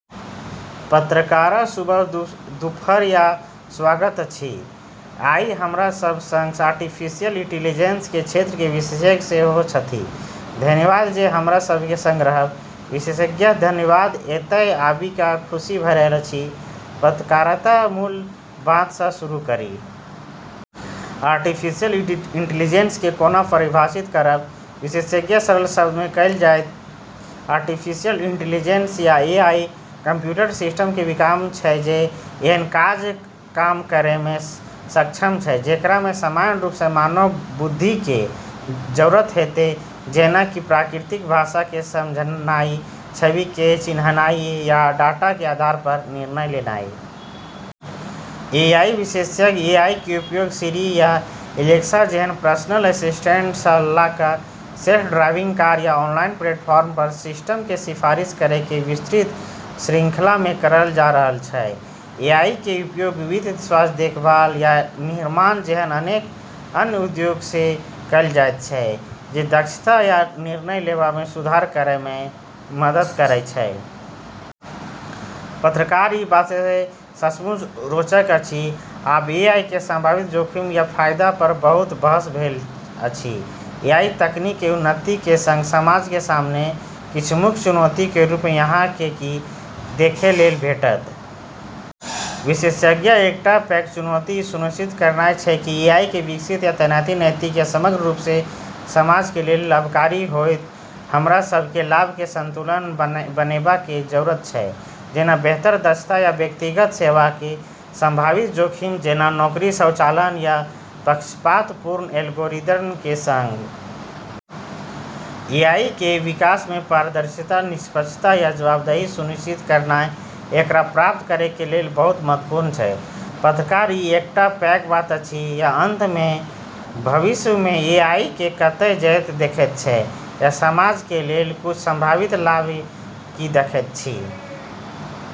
पत्रकार: शुभ दुपहर आ स्वागत अछि, आई हमरा सब सङ्ग आर्टिफिशियल इंटेलिजेंसके क्षेत्रके विशेषज्ञ सेहो छथि, धन्यवाद जे हमरा सबके सङ्ग रहब। विशेषज्ञ: धन्यवाद, एतय आबि क' खुशी भ' रहल अछि। पत्रकार: त', मूल बातसँ शुरू करी। आर्टिफिशियल इंटेलिजेंसके कोना परिभाषित करब? विशेषज्ञ: सरल शब्दमे कहल जाइ त' आर्टिफिशियल इंटेलिजेंस या एआई, कंप्यूटर सिस्टमके विकास छै जे एहन काज काम करैमे सक्षम छै जेकरामे सामान्य रूपसँ मानव बुद्धिके जरूरत हेतै, जेना कि प्राकृतिक भाषाके समझनाइ, छविके चिन्हनाइ, या डाटाके आधार पर निर्णय लेनाइ । ए. आई. विशेषज्ञ: एआईके उपयोग सिरी या एलेक्सा जेहन पर्सनल असिस्टेंट स' ल' क' सेल्फ ड्राइविंग कार या ऑनलाइन प्लेटफॉर्म पर सिस्टमके सिफारिश करैके विस्तृत श्रृंखलामे करल जा रहल छै। एआईके उपयोग वित्त, स्वास्थ्य देखभाल, आ निर्माण जेहन अनेक अन्य उद्योगमे सेहो कैल जाइत छै, जे दक्षता आ निर्णय लेबामे सुधार करैमे मदद करै छै। पत्रकार: ई बात सचमुच रोचक अछि। आब, एआईके संभावित जोखिम आ फाइदा पर बहुत बहस भेल अछि। एआई तकनीकके उन्नतिके सङ्ग समाजके सामने किछ मुख्य चुनौतीके रूपमे अहाँके की - की देखै लेल भेटत? विशेषज्ञ: एकटा पैघ चुनौती ई सुनिश्चित करनाइ छै कि एआईके विकास आ तैनाती नैतिक आ समग्र रूपसँ समाजके लेल लाभकारी होइत। हमरा सबके लाभके संतुलन बनेबाके जरूरत छै, जेना बेहतर दक्षता या व्यक्तिगत सेवाक, संभावित जोखिम जेना नौकरी स्वचालन या पक्षपातपूर्ण एल्गोरिदमके सङ्ग। एआईके विकासमे पारदर्शिता, निष्पक्षता, आ जवाबदेही सुनिश्चित करनाइ एकरा प्राप्त करैके लेल बहुत महत्वपूर्ण छै। पत्रकार: ई एकटा पैघ बात अछि। आ अंतमे, भविष्यमे एआईके कतय जाइत देखैत छी, आ समाज के लेल किछ संभावित लाभके की देखैत छी?